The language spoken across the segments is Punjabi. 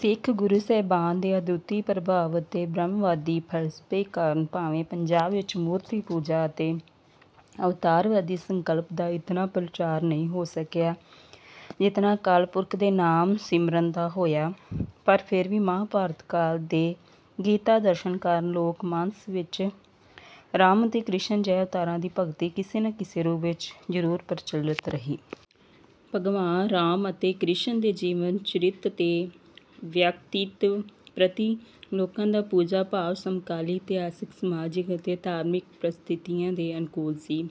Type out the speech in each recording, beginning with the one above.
ਸਿੱਖ ਗੁਰੂ ਸਾਹਿਬਾਨ ਦੇ ਅਦੁੱਤੀ ਪ੍ਰਭਾਵ ਅਤੇ ਬ੍ਰਹਮਵਾਦੀ ਫ਼ਲਸਫ਼ੇ ਕਾਰਨ ਭਾਵੇਂ ਪੰਜਾਬ ਵਿੱਚ ਮੂਰਤੀ ਪੂਜਾ ਅਤੇ ਅਵਤਾਰਵਾਦੀ ਸੰਕਲਪ ਦਾ ਇਤਨਾ ਪ੍ਰਚਾਰ ਨਹੀਂ ਹੋ ਸਕਿਆ ਜਿਤਨਾ ਅਕਾਲ ਪੁਰਖ ਦੇ ਨਾਮ ਸਿਮਰਨ ਦਾ ਹੋਇਆ, ਪਰ ਫਿਰ ਵੀ ਮਹਾਭਾਰਤ ਕਾਲ ਦੇ ਗੀਤਾ ਦਰਸ਼ਨ ਕਾਰਨ ਲੋਕ-ਮਾਨਸ ਵਿੱਚ ਰਾਮ ਅਤੇ ਕ੍ਰਿਸ਼ਨ ਜਿਹੇ ਅਵਤਾਰਾਂ ਦੀ ਭਗਤੀ ਕਿਸੇ ਨਾ ਕਿਸੇ ਰੂਪ ਵਿੱਚ ਜ਼ਰੂਰ ਪ੍ਰਚਲਿਤ ਰਹੀ। ਭਗਵਾਨ ਰਾਮ ਅਤੇ ਕ੍ਰਿਸ਼ਨ ਦੇ ਜੀਵਨ-ਚਰਿਤ ਤੇ ਵਿਅਕਤਿਤਵ ਪ੍ਰਤੀ ਲੋਕਾਂ ਦਾ ਪੂਜਾ-ਭਾਵ ਸਮਕਾਲੀ ਇਤਿਹਾਸਕ, ਸਮਾਜਿਕ ਅਤੇ ਧਾਰਮਿਕ ਪ੍ਰਸਥਿਤੀਆਂ ਦੇ ਅਨੁਕੂਲ ਸੀ।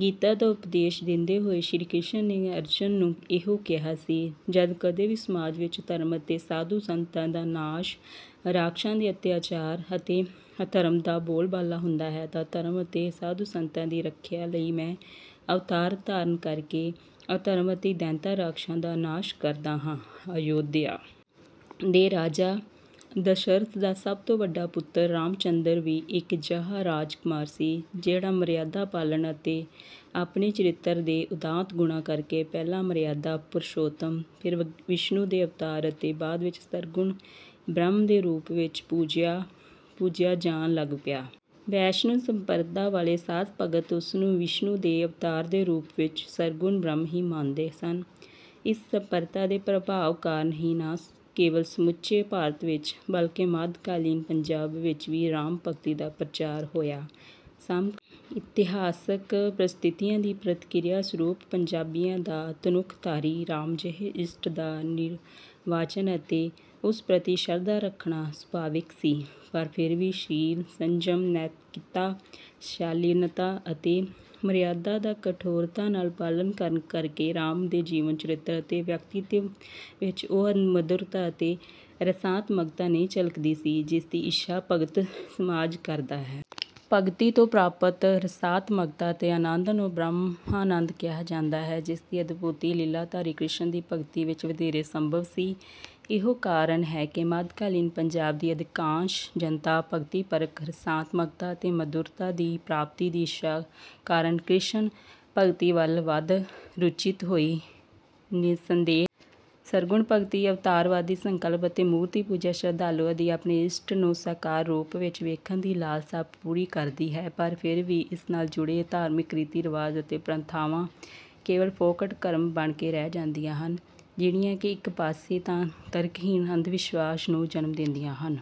ਗੀਤਾ ਦਾ ਉਪਦੇਸ਼ ਦਿੰਦੇ ਹੋਏ ਸ਼੍ਰੀ ਕ੍ਰਿਸ਼ਨ ਨੇ ਅਰਜੁਨ ਨੂੰ ਇਹੋ ਕਿਹਾ ਸੀ, "ਜਦ ਕਦੇ ਵੀ ਸਮਾਜ ਵਿੱਚ ਧਰਮ ਅਤੇ ਸਾਧੂ-ਸੰਤਾਂ ਦਾ ਨਾਸ਼, ਰਾਖਸ਼ਾਂ ਦੇ ਅੱਤਿਆਚਾਰ ਅਤੇ ਅਧਰਮ ਦਾ ਬੋਲਬਾਲਾ ਹੁੰਦਾ ਹੈ, ਤਾਂ ਧਰਮ ਅਤੇ ਸਾਧੂ-ਸੰਤਾਂ ਦੀ ਰੱਖਿਆ ਲਈ ਮੈਂ ਅਵਤਾਰ ਧਾਰਨ ਕਰ ਕੇ ਅਧਰਮ ਅਤੇ ਦੈਂਤਾਂ-ਰਾਖਸ਼ਾਂ ਦਾ ਨਾਸ਼ ਕਰਦਾ ਹਾਂ।"ਅਯੋਧਿਆ ਦੇ ਰਾਜਾ ਦਸ਼ਰਥ ਦਾ ਸਭ ਤੋਂ ਵੱਡਾ ਪੁੱਤਰ ਰਾਮਚੰਦਰ ਵੀ ਇੱਕ ਅਜਿਹਾ ਰਾਜਕੁਮਾਰ ਸੀ, ਜਿਹੜਾ ਮਰਿਆਦਾ ਪਾਲਣ ਅਤੇ ਆਪਣੇ ਚਰਿੱਤਰ ਦੇ ਉਦਾਤ ਗੁਣਾਂ ਕਰ ਕੇ ਪਹਿਲਾਂ 'ਮਰਿਆਦਾ ਪੁਰਸ਼ੋਤਮ', ਫਿਰ ਵਿਸ਼ਨੂੰ ਦੇ ਅਵਤਾਰ ਅਤੇ ਬਾਅਦ ਵਿੱਚ ਸਰਗੁਣ ਬ੍ਰਹਮ ਦੇ ਰੂਪ ਵਿੱਚ ਪੂਜਿਆ ਜਾਣ ਲੱਗ ਪਿਆ। ਵੈਸ਼ਨਵ ਸੰਪਰਦਾ ਵਾਲੇ ਸਾਧ-ਭਗਤ ਉਸ ਨੂੰ ਵਿਸ਼ਨੂੰ ਦੇ ਅਵਤਾਰ ਦੇ ਰੂਪ ਵਿੱਚ ਸਰਗੁਣ ਬ੍ਰਹਮ ਹੀ ਮੰਨਦੇ ਸਨ। ਇਸ ਸੰਪਰਦਾ ਦੇ ਪ੍ਰਭਾਵ ਕਾਰਨ ਹੀ ਨਾ ਕੇਵਲ ਸਮੁੱਚੇ ਭਾਰਤ ਵਿੱਚ, ਬਲਕਿ ਮੱਧਕਾਲੀਨ ਪੰਜਾਬ ਵਿੱਚ ਵੀ ਰਾਮ ਭਗਤੀ ਦਾ ਪ੍ਰਚਾਰ ਹੋਇਆ। ਸਮਕਾਲੀਨ ਇਤਿਹਾਸਕ ਪ੍ਰਸਥਿਤੀਆਂ ਦੀ ਪ੍ਰਤੀਕਿਰਿਆ ਸਰੂਪ ਪੰਜਾਬੀਆਂ ਦਾ ਧਨੁਖਧਾਰੀ ਰਾਮ ਜਿਹੇ ਇਸ਼ਟ ਦਾ ਨਿਰਵਾਚਨ ਅਤੇ ਉਸ ਪ੍ਰਤੀ ਸ਼ਰਧਾ ਰੱਖਣਾ ਸੁਭਾਵਿਕ ਸੀ। ਪਰ ਫਿਰ ਵੀ ਸ਼ੀਲ, ਸੰਜਮ, ਨੈਤਿਕਤਾ, ਸ਼ਾਲੀਨਤਾ ਅਤੇ ਮਰਿਆਦਾ ਦਾ ਕਠੋਰਤਾ ਨਾਲ ਪਾਲਣ ਕਰਨ ਕਰ ਕੇ ਰਾਮ ਦੇ ਜੀਵਨ-ਚਰਿੱਤਰ ਅਤੇ ਵਿਅਕਤਿਤਵ ਵਿੱਚ ਉਹ ਮਧੁਰਤਾ ਅਤੇ ਰਸਾਤਮਕਤਾ ਨਹੀਂ ਝਲਕਦੀ ਸੀ, ਜਿਸ ਦੀ ਇੱਛਾ ਭਗਤ-ਸਮਾਜ ਕਰਦਾ ਹੈ। ਭਗਤੀ ਤੋਂ ਪ੍ਰਾਪਤ ਰਸਾਤਮਕਤਾ ਅਤੇ ਆਨੰਦ ਨੂੰ 'ਬ੍ਰਹਮਾਨੰਦ' ਕਿਹਾ ਜਾਂਦਾ ਹੈ, ਜਿਸ ਦੀ ਅਨੁਭੂਤੀ ਲੀਲਾਧਾਰੀ ਕ੍ਰਿਸ਼ਨ ਦੀ ਭਗਤੀ ਵਿੱਚ ਵਧੇਰੇ ਸੰਭਵ ਸੀ। ਇਹੋ ਕਾਰਨ ਹੈ ਕਿ ਮੱਧਕਾਲੀਨ ਪੰਜਾਬ ਦੀ ਅਧਿਕਾਂਸ਼ ਜਨਤਾ ਭਗਤੀਪਰਕ ਰਸਾਤਮਕਤਾ ਅਤੇ ਮਧੁਰਤਾ ਦੀ ਪ੍ਰਾਪਤੀ ਦੀ ਇੱਛਾ ਕਾਰਨ ਕ੍ਰਿਸ਼ਨ ਭਗਤੀ ਵੱਲ ਵੱਧ ਰੁਚਿਤ ਹੋਈ। ਨਿਸੰਦੇਹ ਸਰਗੁਣ ਭਗਤੀ, ਅਵਤਾਰਵਾਦੀ ਸੰਕਲਪ ਅਤੇ ਮੂਰਤੀ ਪੂਜਾ ਸ਼ਰਧਾਲੂਆਂ ਦੀ ਆਪਣੇ ਇਸ਼ਟ ਨੂੰ ਸਾਕਾਰ ਰੂਪ ਵਿੱਚ ਵੇਖਣ ਦੀ ਲਾਲਸਾ ਪੂਰੀ ਕਰਦੀ ਹੈ, ਪਰ ਫਿਰ ਵੀ ਇਸ ਨਾਲ ਜੁੜੇ ਧਾਰਮਿਕ ਰੀਤੀ-ਰਿਵਾਜ ਅਤੇ ਪ੍ਰਥਾਵਾਂ ਕੇਵਲ ਫੋਕਟ ਕਰਮ ਬਣ ਕੇ ਹੀ ਰਹਿ ਜਾਂਦੀਆਂ ਹਨ, ਜਿਹੜੀਆਂ ਕਿ ਇੱਕ ਪਾਸੇ ਤਾਂ ਤਰਕਹੀਣ ਅੰਧ-ਵਿਸ਼ਵਾਸ ਨੂੰ ਜਨਮ ਦਿੰਦੀਆਂ ਹਨ..